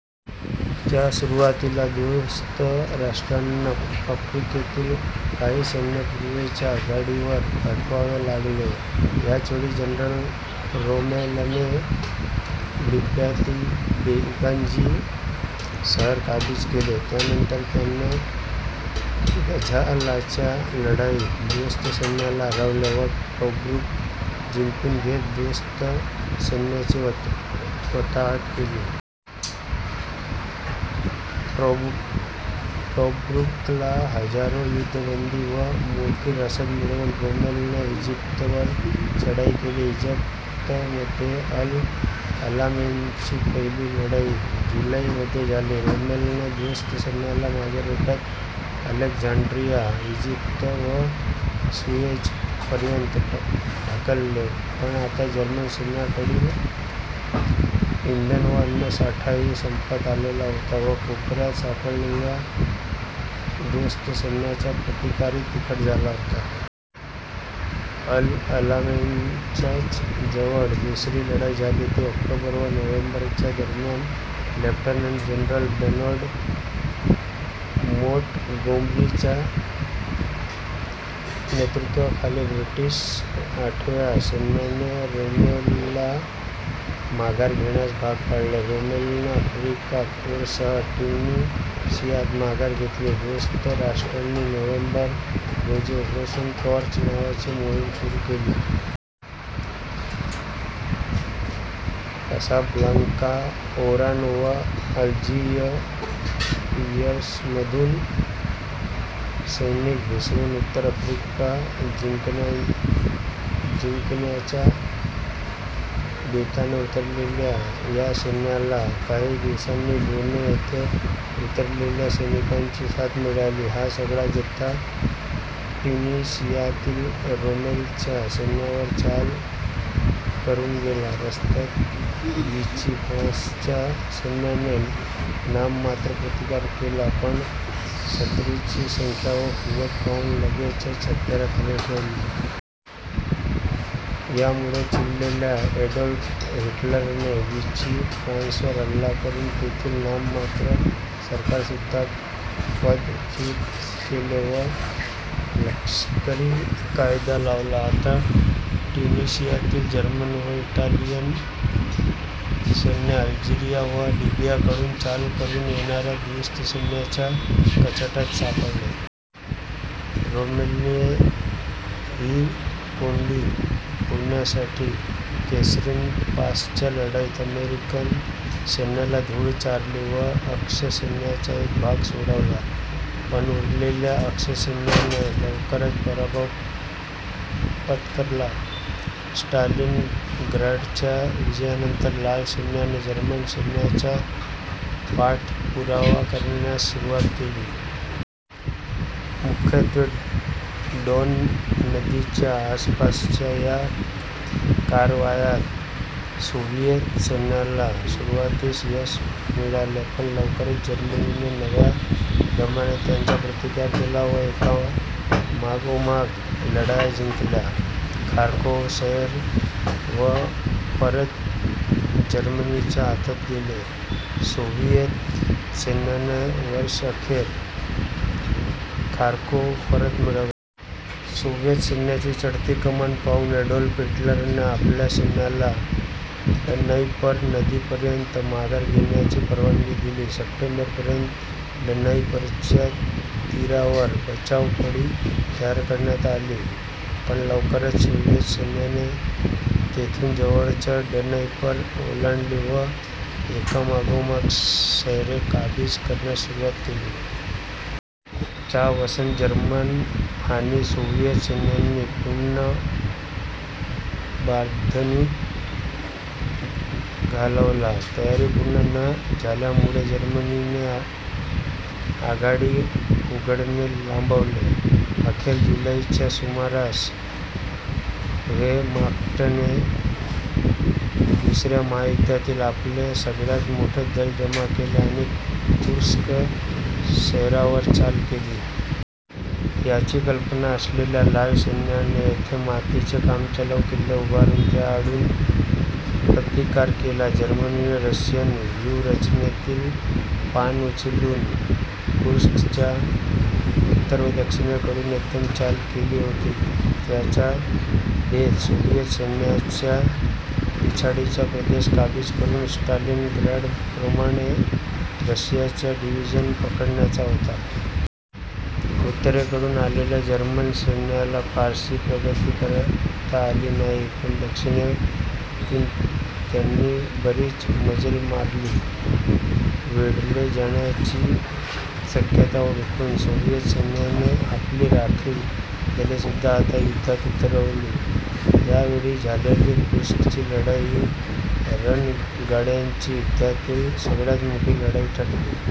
च्या सुरुवातीला दोस्त राष्ट्रांना आफ्रिकेतील काही सैन्य पूर्वेच्या आघाडीवर पाठवावे लागले. याच वेळी जनरल रोमेलने लिब्यातील बेंगाझी शहर काबीज केले. त्यानंतर त्याने गझालाच्या लढाईत दोस्त सैन्याला हरवले व टोब्रुक जिंकून घेत दोस्त सैन्याची वाताहत केली. टोब्रुकला हजारो युद्धबंदी व मोठी रसद मिळवून रोमेलने इजिप्तवर चढाई केली. इजिप्तमध्ये अल अलामेनची पहिली लढाई जुलै मध्ये झाली. रोमेलने दोस्त सैन्याला मागे रेटत अलेक्झांड्रिया, इजिप्त व सुएझपर्यंत ढकलले पण आता जर्मन सैन्याकडील इंधन व अन्नसाठाही संपत आलेला होता व कोपऱ्यात सापडलेल्या दोस्त सैन्याचा प्रतिकारही तिखट झाला होता. अल अलामेनच्याच जवळ दुसरी लढाई झाली ती ऑक्टोबर व नोव्हेंबर च्या दरम्यान. लेफ्टनंट जनरल बर्नार्ड मॉॅंटगोमरीच्या नेतृत्वाखाली ब्रिटिश आठव्या सैन्याने रोमेलला माघार घेण्यास भाग पाडले. रोमेलने आफ्रिका कोरसह ट्युनिसियात माघार घेतली दोस्त राष्ट्रांनी नोव्हेंबर, रोजी ऑपरेशन टॉर्च नावाची मोहीम सुरू केली. कॅसाब्लांका, ओरान व अल्जीयर्समधून सैनिक घुसवून उत्तर आफ्रिका जिंकण्याच्या बेताने उतरलेल्या या सैन्याला काही दिवसांनी बोने येथे उतरलेल्या सैनिकांची साथ मिळाली. हा सगळा जथा ट्युनिसियातील रोमेलच्या सैन्यावर चाल करून गेला. रस्त्यात विची फ्रान्सच्या सैन्याने नाममात्र प्रतिकार केला पण शत्रूची संख्या व कुवत पाहून लगेचच हत्यारे खाली ठेवली. यामुळे चिडलेल्या ॲडॉल्फ हिटलरने वीचि फ्रान्सवर हल्ला करून तेथील नाममात्र सरकारसुद्धा पदच्युत केले व लष्करी कायदा लावला. आता ट्यूनीशियातील जर्मन व इटालियन सैन्य अल्जीरिया व लीबियाकडून चाल करून येणाऱ्या दोस्त सैन्याच्या कचाट्यात सापडले. रोमेलने ही कोंडी फोडण्यासाठी कॅसरीन पासच्या लढाईत अमेरिकन सैन्याला धूळ चारली व अक्ष सैन्याचा एक भाग सोडवला. पण उरलेल्या अक्ष सैन्याने लवकरच पराभव पत्करला. स्टालिनग्राडच्या विजयानंतर लाल सैन्याने जर्मन सैन्याचा पाठपुरावा करण्यास सुरुवात केली. मुख्यत्वे डॉन नदीच्या आसपासच्या या कारवायात सोव्हिएत सैन्याला सुरुवातीस यश मिळाले पण लवकरच जर्मनीने नव्या दमाने त्यांचा प्रतिकार केला व एकामागोमाग लढाया जिंकल्या. खार्कोव्ह शहर परत जर्मनीच्या हातात गेले. सोव्हिएत सैन्याने वर्षअखेर खार्कोव्ह परत मिळवले. सोवयेत सैन्याची चढती कमान पाहून ॲडॉल्फ हिटलरने आपल्या सैन्याला ड्नाइपर नदीपर्यंत माघार घेण्याची परवानगी दिली. सप्टेंबरपर्यंत ड्नाइपरच्या तीरावर बचावफळी तयार करण्यात आली पण लवकरच सोव्हिएत सैन्याने तेथून जवळच ड्नाइपर ओलांडली व एकामागोमाग शहरे काबीज करण्यास सुरुवात केली. चा वसंत जर्मन आणि सोव्हिएत सैन्यांनी पुनर्बांधणीत घालवला. तयारी पूर्ण न झाल्यामुळे जर्मनीने आघाडी उघडणे लांबवले. अखेर जुलै च्या सुमारास वेह्रमाख्टने दुसऱ्या महायुद्धातील आपले सगळ्यात मोठे दल जमा केले आणि कुर्स्क शहरावर चाल केली. याची कल्पना असलेल्या लाल सैन्याने येथे मातीचे कामचलाउ किल्ले उभारून त्याआडून प्रतिकार केला. जर्मनीने रशियन व्यूहरचनेतील पान उचलून कुर्स्कच्या उत्तर व दक्षिणेकडून एकदम चाल केली होती. त्यांचा बेत सोव्हिएत सैन्याच्या पिछाडीचा प्रदेश काबीज करून स्टालिनग्राडप्रमाणे रशियाच्या डिव्हिजन पकडण्याचा होता. उत्तरेकडून आलेल्या जर्मन सैन्याला फारशी प्रगती करता नाही आली पण दक्षिणेतून त्यांनी बरीच मजल मारली. वेढले जाण्याची शक्यता ओळखून सोव्हिएत सैन्याने आपली राखीव दलेसुद्धा आता युद्धात उतरवली. यावेळी झालेली कुर्स्कची लढाई ही रणगाड्यांची युद्धातील सगळ्यात मोठी लढाई ठरली.